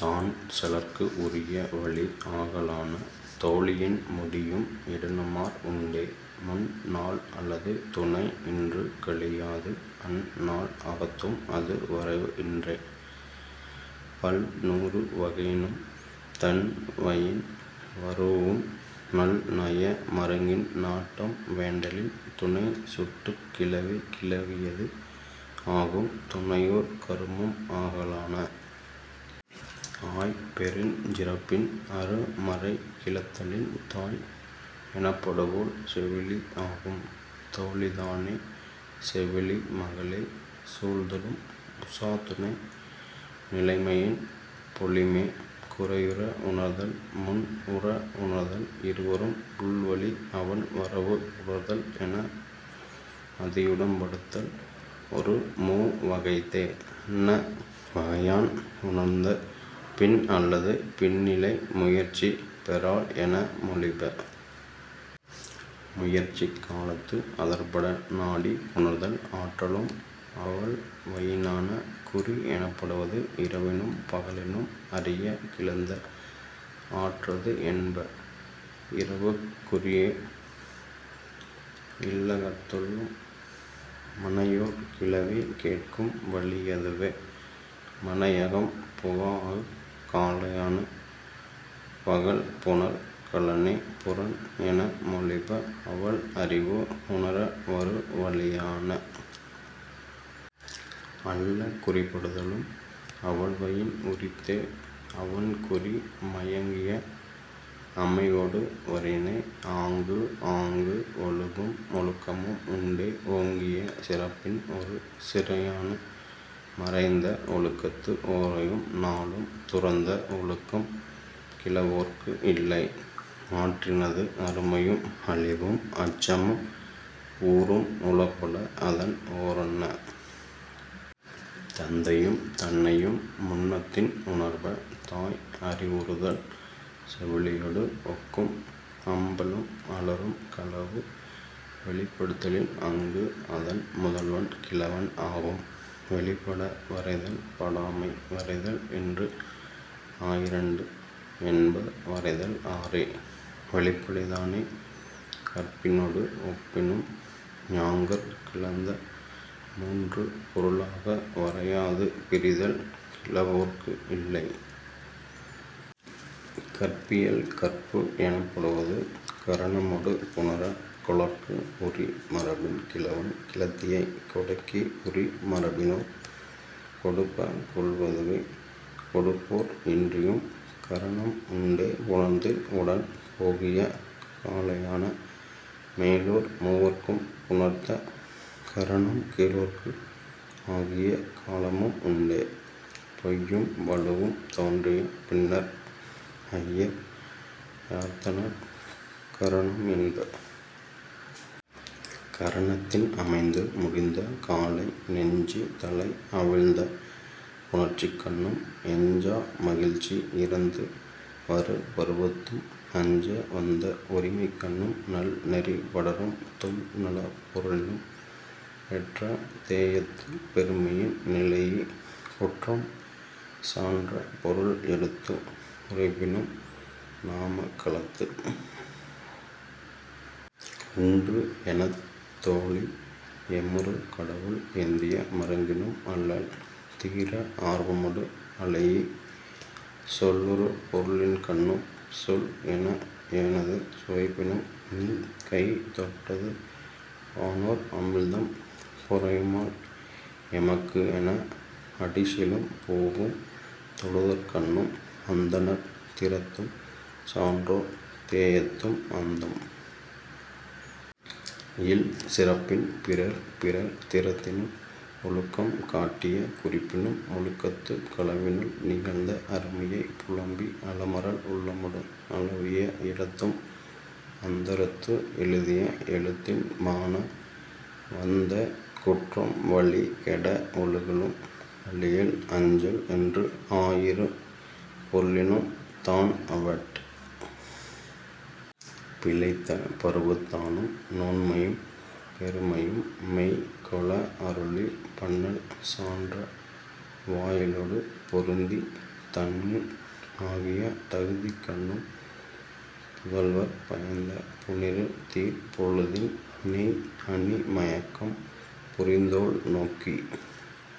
தான் செலற்கு உரிய வழி ஆகலான. தோழியின் முடியும் இடனுமார் உண்டே. முந் நாள் அல்லது துணை இன்று கழியாது அந் நாள் அகத்தும் அது வரைவு இன்றே. பல் நூறு வகையினும் தன் வயின் வரூஉம் நல் நய மருங்கின் நாட்டம் வேண்டலின் துணைச் சுட்டுக் கிளவி கிழவியது ஆகும் துணையோர் கருமம் ஆகலான. ஆய் பெருஞ் சிறப்பின் அரு மறை கிளத்தலின் தாய் எனப்படுவோள் செவிலி ஆகும். தோழிதானே செவிலி மகளே. சூழ்தலும் உசாத்துணை நிலைமையின் பொலிமே. குறையுற உணர்தல் முன் உற உணர்தல் இருவரும் உள்வழி அவன் வரவு உணர்தல் என மதியுடம்படுத்தல் ஒரு மூ வகைத்தே. அன்ன வகையான் உணர்ந்த பின் அல்லது பின்னிலை முயற்சி பெறாள் என மொழிப. முயற்சிக் காலத்து அதற்பட நாடி புணர்த்தல் ஆற்றலும் அவள்வயினான. குறி எனப்படுவது இரவினும் பகலினும் அறியக் கிளந்த ஆற்றது என்ப. இரவுக் குறியே இல்லகத்துள்ளும் மனையோர் கிளவி கேட்கும் வழியதுவே மனையகம் புகாஅக் காலையான. பகல் புணர் களனே புறன் என மொழிப அவள் அறிவு உணர வரு வழியான. அல்லகுறிப்படுதலும் அவள்வயின் உரித்தே அவன் குறி மயங்கிய அமைவொடு வரினே. ஆங்கு ஆங்கு ஒழுகும் ஒழுக்கமும் உண்டே ஓங்கிய சிறப்பின் ஒரு சிறையான. மறைந்த ஒழுக்கத்து ஓரையும் நாளும் துறந்த ஒழுக்கம் கிழவோற்கு இல்லை. ஆற்றினது அருமையும் அழிவும் அச்சமும் ஊறும் உளப்பட அதன் ஓரன்ன. தந்தையும் தன்னையும் முன்னத்தின் உணர்ப. தாய் அறிவுறுதல் செவிலியொடு ஒக்கும். அம்பலும் அலரும் களவு வெளிப்படுத்தலின் அங்கு அதன் முதல்வன் கிழவன் ஆகும். வெளிப்பட வரைதல் படாமை வரைதல் என்று ஆயிரண்டு என்ப வரைதல் ஆறே. வெளிப்படைதானே கற்பினொடு ஒப்பினும் ஞாங்கர்க் கிளந்த மூன்று பொருளாக வரையாது பிரிதல் கிழவோற்கு இல்லை.. கற்பியல் கற்பு எனப்படுவது கரணமொடு புணர கொளற்கு உரி மரபின் கிழவன் கிழத்தியை கொடைக்கு உரி மரபினோர் கொடுப்ப கொள்வதுவே. கொடுப்போர் இன்றியும் கரணம் உண்டே புணர்ந்து உடன் போகிய காலையான. மேலோர் மூவர்க்கும் புணர்த்த கரணம் கீழோர்க்கு ஆகிய காலமும் உண்டே. பொய்யும் வழுவும் தோன்றிய பின்னர் ஐயர் யாத்தனர் கரணம் என்ப. கரணத்தின் அமைந்து முடிந்த காலை நெஞ்சு தளை அவிழ்ந்த புணர்ச்சிக்கண்ணும் எஞ்சா மகிழ்ச்சி இறந்து வரு பருவத்தும் அஞ்ச வந்த உரிமைக்கண்ணும் நல் நெறிப் படரும் தொல் நலப் பொருளினும் பெற்ற தேஎத்துப் பெருமையின் நிலைஇ குற்றம் சான்ற பொருள் எடுத்து உரைப்பினும் நாமக் காலத்து உண்டு எனத் தோழி ஏமுறு கடவுள் ஏந்திய மருங்கினும் அல்லல் தீர ஆர்வமொடு அளைஇ சொல்லுறு பொருளின்கண்ணும் சொல் என ஏனது சுவைப்பினும் நீ கை தொட்டது வானோர் அமிழ்தம் புரையுமால் எமக்கு என அடிசிலும் பூவும் தொடுதற்கண்ணும் அந்தணர் திறத்தும் சான்றோர் தேஎத்தும் அந்தம் இல் சிறப்பின் பிறர் பிறர் திறத்தினும் ஒழுக்கம் காட்டிய குறிப்பினும் ஒழுக்கத்துக் களவினுள் நிகழ்ந்த அருமையைப் புலம்பி அலமரல் உள்ளமொடு அளவிய இடத்தும் அந்தரத்து எழுதிய எழுத்தின் மான வந்த குற்றம் வழி கெட ஒழுகலும் அழியல் அஞ்சல் என்று ஆயிரு பொருளினும் தான் அவட் பிழைத்த பருவத்தானும் நோன்மையும் பெருமையும் மெய் கொள அருளி பன்னல் சான்ற வாயிலொடு பொருந்தி தன்னின் ஆகிய தகுதிக்கண்ணும் புதல்வற் பயந்த புனிறு தீர் பொழுதின் நெய் அணி மயக்கம் புரிந்தோள் நோக்கி